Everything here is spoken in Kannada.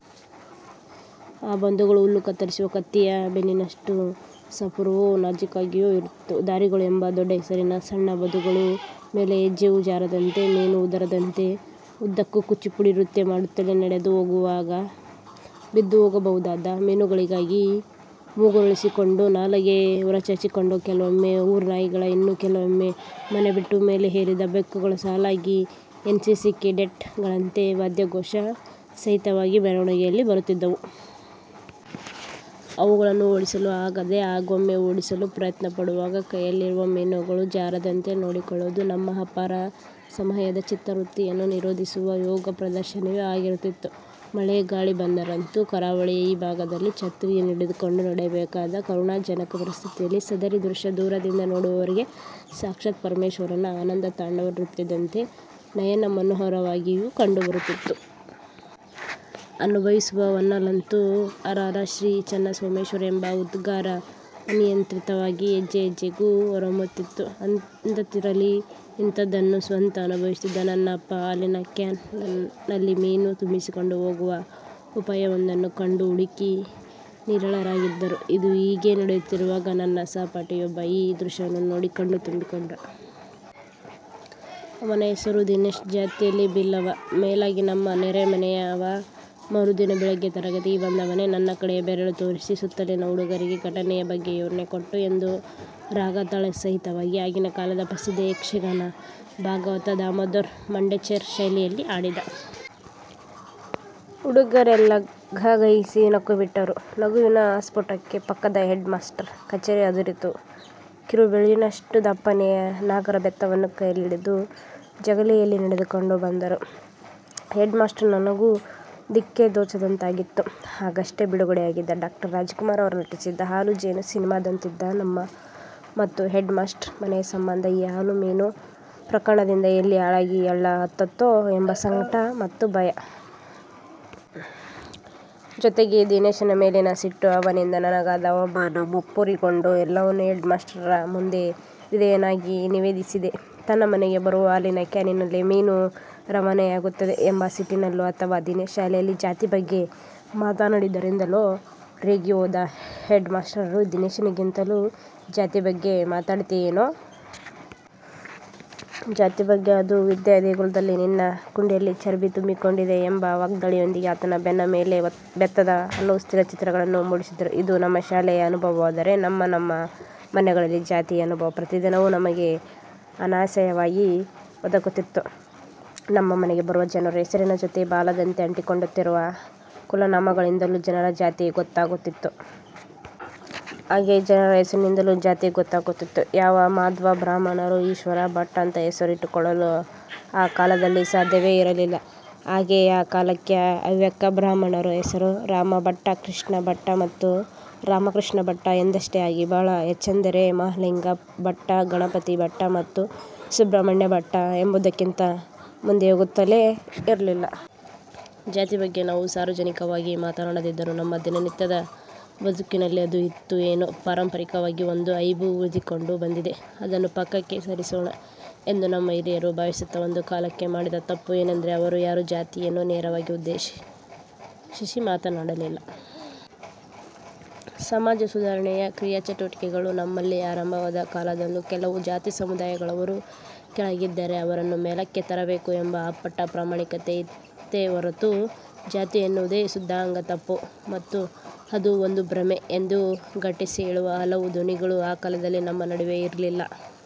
ಆ ಬದುಗಳೋ ಹುಲ್ಲು ಕತ್ತರಿಸುವ ಕತ್ತಿಯ ಬೆನ್ನಿನಷ್ಟು ಸಪೂರವೂ ನಾಜೂಕಾಗಿಯೂ ಇರುತ್ತಿದ್ದವು. ದಾರಿಗಳು ಎಂಬ ದೊಡ್ಡಹೆಸರಿನ ಆ ಸಣ್ಣಬದುಗಳ ಮೇಲೆ ಹೆಜ್ಜೆಯೂ ಜಾರದಂತೆ, ಮೀನೂ ಉದುರದಂತೆ ಉದ್ದಕ್ಕೂ ಕೂಚಿಪುಡಿ ನೃತ್ಯ ಮಾಡುತ್ತಲೇ ನಡೆದು ಹೋಗುವಾಗ; ಬಿದ್ದು ಹೋಗಬಹುದಾದ ಮೀನುಗಳಿಗಾಗಿ ಮೂಗರಳಿಸಿಕೊಂಡು ನಾಲಗೆ ಹೊರಚಾಚಿಕೊಂಡು ಕೆಲವೊಮ್ಮೆ ಊರನಾಯಿಗಳು, ಇನ್ನು ಕೆಲವೊಮ್ಮೆ ಮನೆಬಿಟ್ಟು ಮಲೆ ಏರಿದ ಬೆಕ್ಕುಗಳು ಸಾಲಾಗಿ ಎನ್ ಸಿ ಸಿ ಕೆಡೆಟ್ ಗಳಂತೆ ವಾದ್ಯಘೋಷ ಸಹಿತವಾಗಿ ಮೆರವಣಿಗೆಯಲ್ಲಿ ಬರುತ್ತಿದ್ದವು. ಅವುಗಳನ್ನು ಓಡಿಸಲೂ ಆಗದೆ, ಹಾಗೊಮ್ಮೆ ಓಡಿಸಲು ಪ್ರಯತ್ನ ಪಡುವಾಗ ಕೈಯಲ್ಲಿರುವ ಮೀನುಗಳೂ ಜಾರದಂತೆ ನೋಡಿಕೊಳ್ಳುವುದು ನಮ್ಮ ಅಪಾರ ಸಂಯಮದ, ಚಿತ್ತವೃತ್ತಿಯನ್ನು ನಿರೋಧಿಸುವ ಯೋಗ ಪ್ರದರ್ಶನವೇ ಆಗಿರುತ್ತಿತ್ತು. ಮಳೆ-ಗಾಳಿ ಬಂದರಂತೂ ಕರಾವಳಿಯ ಈ ಭಾಗದಲ್ಲಿ ಛತ್ರಿಯನ್ನೂ ಹಿಡಿದುಕೊಂಡು ನಡೆಯಬೇಕಾದ ಕರುಣಾಜನಕ ಪರಿಸ್ಥಿತಿಯಲ್ಲಿ ಸದರಿ ದೃಶ್ಯ ದೂರದಿಂದ ನೋಡುವವರಿಗೆ ಸಾಕ್ಷಾತ್ ಪರಮೇಶ್ವರನ ಆನಂದ ತಾಂಡವ ನೃತ್ಯದಂತೆ ನಯನಮನೋಹರವಾಗಿಯೂ ಕಂಡುಬರುತ್ತಿತ್ತು. ಅನುಭವಿಸುವವನಲ್ಲಂತೂ ಹರಹರಾ ಶ್ರೀ ಚೆನ್ನಸೋಮೇಶ್ವರ ಎಂಬ ಉದ್ಗಾರ ಅನಿಯಂತ್ರಿತವಾಗಿ ಹೆಜ್ಜೆಹೆಜ್ಜೆಗೂ ಹೊರಹೊಮ್ಮುತ್ತಿತ್ತು ಅದಂತಿರಲಿ. ಇಂಥದ್ದನ್ನು ಸ್ವತಃ ಅನುಭವಿಸಿದ್ದ ನನ್ನ ಅಪ್ಪ ಹಾಲಿನ ಕ್ಯಾನ್ ನಲ್ಲಿ ಮೀನು ತುಂಬಿಸಿಕೊಂಡು ಹೋಗುವ ಉಪಾಯವೊಂದನ್ನು ಕಂಡು ಹುಡುಕಿ ನಿರಾಳರಾಗಿದ್ದರು. ಇದು ಹೀಗೇ ನಡೆಯುತ್ತಿರುವಾಗ ನನ್ನ ಸಹಪಾಠಿಯೊಬ್ಬ ಈ ದೃಶ್ಯವನ್ನು ನೋಡಿ ಕಣ್ಣು ತುಂಬಿಕೊಂಡ. ಅವನ ಹೆಸರು ದಿನೇಶ. ಜಾತಿಯಲ್ಲಿ ಬಿಲ್ಲವ. ಮೇಲಾಗಿ ನಮ್ಮ ನೆರೆಮನೆಯವ. ಮರುದಿನ ಬೆಳಿಗ್ಗೆ ತರಗತಿಗೆ ಬಂದವನೇ ನನ್ನ ಕಡೆ ಬೆರಳು ತೋರಿಸಿ, ಸುತ್ತಲಿನ ಹುಡುಗರಿಗೆ ಘಟನೆಯ ಬಗ್ಗೆ ವಿವರಣೆ ಕೊಟ್ಟು- – ಎಂದು ರಾಗ ತಾಳ ಸಹಿತವಾಗಿ ಆಗಿನ ಕಾಲದ ಪ್ರಸಿದ್ಧ ಯಕ್ಷಗಾನ ಭಾಗವತ ದಾಮೋದರ ಮಂಡೆಚ್ಚರ ಶೈಲಿಯಲ್ಲಿ ಹಾಡಿದ. ಹುಡುಗರೆಲ್ಲ ಗಹಗಹಿಸಿ ನಕ್ಕುಬಿಟ್ಟರು. ನಗುವಿನ ಆಸ್ಫೋಟಕ್ಕೆ ಪಕ್ಕದ ಹೆಡ್ ಮಾಸ್ಟ್ರ ಕಛೇರಿ ಅದುರಿತು. ಕಿರುಬೆರಳಿನಷ್ಟು ದಪ್ಪನೆಯ ನಾಗರಬೆತ್ತವನ್ನು ಕೈಯಲ್ಲಿ ಹಿಡಿದು ಜಗಲಿಯಲ್ಲಿ ನಡೆದುಕೊಂಡು ಬಂದರು ಹೆಡ್ ಮಾಸ್ಟ್ರು. ನನಗೋ ದಿಕ್ಕೇ ತೋಚದಂತಾಗಿತ್ತು. ಆಗಷ್ಟೇ ಬಿಡುಗಡೆಯಾಗಿದ್ದ ಡಾ. ರಾಜ್ ಕುಮಾರ್ ರವರು ನಟಿಸಿದ್ದ ಹಾಲು-ಜೇನು ಸಿನಿಮಾದಂತಿದ್ದ ನಮ್ಮ ಮತ್ತು ಹೆಡ್ ಮಾಸ್ಟ್ರ ಮನೆಯ ಸಂಬಂಧ ಈ ಹಾಲು-ಮೀನು ಪ್ರಕರಣದಿಂದ ಎಲ್ಲಿ ಹಾಳಾಗಿ ಹಳ್ಳ ಹತ್ತುತ್ತೋ ಎಂಬ ಸಂಕಟ ಮತ್ತು ಭಯ. ಜೊತೆಗೆ ದಿನೇಶನ ಮೇಲಿನ ಸಿಟ್ಟು, ಅವನಿಂದ ನನಗಾದ ಅವಮಾನ ಮುಪ್ಪುರಿಗೊಂಡು ಎಲ್ಲವನ್ನೂ ಹೆಡ್ ಮಾಸ್ಟರರ ಮುಂದೆ ವಿಧೇಯನಾಗಿ ನಿವೇದಿಸಿದೆ. ತನ್ನ ಮನೆಗೆ ಬರುವ ಹಾಲಿನ ಕ್ಯಾನಿನಲ್ಲೇ ಮೀನೂ ರವಾನೆಯಾಗುತ್ತದೆ ಎಂಬ ಸಿಟ್ಟಿನಲ್ಲೋ ಅಥವ ದಿನೇಶ ಶಾಲೆಯಲ್ಲಿ ಜಾತಿ ಬಗ್ಗೆ ಮಾತಾಡಿದ್ದರಿಂದಲೋ ರೇಗಿ ಹೋದ ಹೆಡ್ ಮಾಸ್ಟರರು ದಿನೇಶನಿಗಂತೂ "ಜಾತಿ ಬಗ್ಗೆ ಮಾತಾಡ್ತಿಯೇನೋ. ಜಾತಿ ಬಗ್ಗೆ. ಅದೂ ವಿದ್ಯಾ ದೇಗುಲದಲ್ಲಿ. ನಿನ್ನ ಕುಂಡೆಯಲ್ಲಿ ಚರ್ಬಿ ತುಂಬಿಕೊಂಡಿದೆ" ಎಂಬ ವಾಗ್ದಾಳಿಯೊಂದಿಗೆ ಆತನ ಬೆನ್ನ ಮೇಲೆ ಬೆತ್ತದ ಹಲವು ಸ್ಥಿರ ಚಿತ್ರಗಳನ್ನು ಮೂಡಿಸಿದ್ದರು. ಇದು ನಮ್ಮ ಶಾಲೆಯ ಅನುಭವವಾದರೆ ನಮ್ಮನಮ್ಮ ಮನೆಗಳಲ್ಲಿ ಜಾತಿಯ ಅನುಭವ ಪ್ರತಿದಿನವೂ ನಮಗೆ ಅನಾಯಾಸವಾಗಿ ಒದಗುತ್ತಿತ್ತು. ನಮ್ಮ ಮನೆಗೆ ಬರುವ ಜನರ ಹೆಸರಿನ ಜೊತೆ ಬಾಲದಂತೆ ಅಂಟಿಕೊಂಡಂತಿರುವ ಕುಲನಾಮಗಳಿಂದಲೂ ಜನರ ಜಾತಿ ಗೊತ್ತಾಗುತ್ತಿತ್ತು. ಹಾಗೆಯೇ ಜನರ ಹೆಸರಿನಿಂದಲೂ ಜಾತಿ ಗೊತ್ತಾಗುತ್ತಿತ್ತು. ಯಾವ ಮಾಧ್ವ ಬ್ರಾಹ್ಮಣರೂ ಈಶ್ವರ ಭಟ್ಟ ಅಂತ ಹೆಸರು ಇಟ್ಟುಕೊಳ್ಳಲು ಆ ಕಾಲದಲ್ಲಿ ಸಾಧ್ಯವೇ ಇರಲಿಲ್ಲ. ಹಾಗೆಯೇ ಆ ಕಾಲಕ್ಕೆ ಹವ್ಯಕ ಬ್ರಾಹ್ಮಣರ ಹೆಸರು ರಾಮ ಭಟ್ಟ, ಕೃಷ್ಣ ಭಟ್ಟ ಮತ್ತು ರಾಮಕೃಷ್ಣ ಭಟ್ಟ ಎಂದಷ್ಟೇ ಆಗಿ ಬಹಳ ಹೆಚ್ಚೆಂದರೆ ಮಹಾಲಿಂಗ ಭಟ್ಟ, ಗಣಪತಿ ಭಟ್ಟ ಮತ್ತು ಸುಬ್ರಹ್ಮಣ್ಯ ಭಟ್ಟ ಎಂಬುದಕ್ಕಿಂತ ಮುಂದೆ ಹೋಗುತ್ತಲೇ ಇರಲಿಲ್ಲ. ಜಾತಿ ಬಗ್ಗೆ ನಾವು ಸಾರ್ವಜನಿಕವಾಗಿ ಮಾತಾಡದಿದ್ದರೂ ನಮ್ಮ ದಿನನಿತ್ಯದ ಬದುಕಿನಲ್ಲಿ ಅದು ಇತ್ತು. ಏನೋ ಪಾರಂಪರಿಕವಾಗಿ ಒಂದು ಐಬು ಉಳಿದುಕೊಂಡು ಬಂದಿದೆ. ಅದನ್ನು ಪಕ್ಕಕ್ಕೆ ಸರಿಸೋಣ ಎಂದು ನಮ್ಮ ಹಿರಿಯರು ಭಾವಿಸುತ್ತ ಒಂದು ಕಾಲಕ್ಕೆ ಮಾಡಿದ ತಪ್ಪು ಏನೆಂದರೆ ಅವರು ಯಾರೂ ಜಾತಿಯನ್ನು ನೇರವಾಗಿ ಉದ್ದೇಶಿಸಿ ಮಾತಾಡಲಿಲ್ಲ. ಸಮಾಜಸುಧಾರಣೆಯ ಕ್ರಿಯಾಚಟುವಟಿಕೆಗಳು ನಮ್ಮಲ್ಲಿ ಆರಂಭವಾದ ಕಾಲದಲ್ಲೂ, 'ಕೆಲವು ಜಾತಿ ಸಮುದಾಯಗಳವರು ಕೆಳಗಿದ್ದಾರೆ, ಅವರನ್ನು ಮೇಲಕ್ಕೆ ತರಬೇಕು' ಎಂಬ ಅಪ್ಪಟ ಪ್ರಾಮಾಣಿಕತೆ ಇತ್ತೇ ಹೊರತು, ಜಾತಿ ಎನ್ನುವುದೇ ಶುದ್ಧಾಂಗ ತಪ್ಪು ಮತ್ತು ಅದು ಒಂದು ಭ್ರಮೆ ಎಂದು ಗಟ್ಟಿಸಿ ಹೇಳುವ ಹಲವು ಧ್ವನಿಗಳು ಆ ಕಾಲದಲ್ಲಿ ನಮ್ಮ ನಡುವೆ ಇರಲಿಲ್ಲ.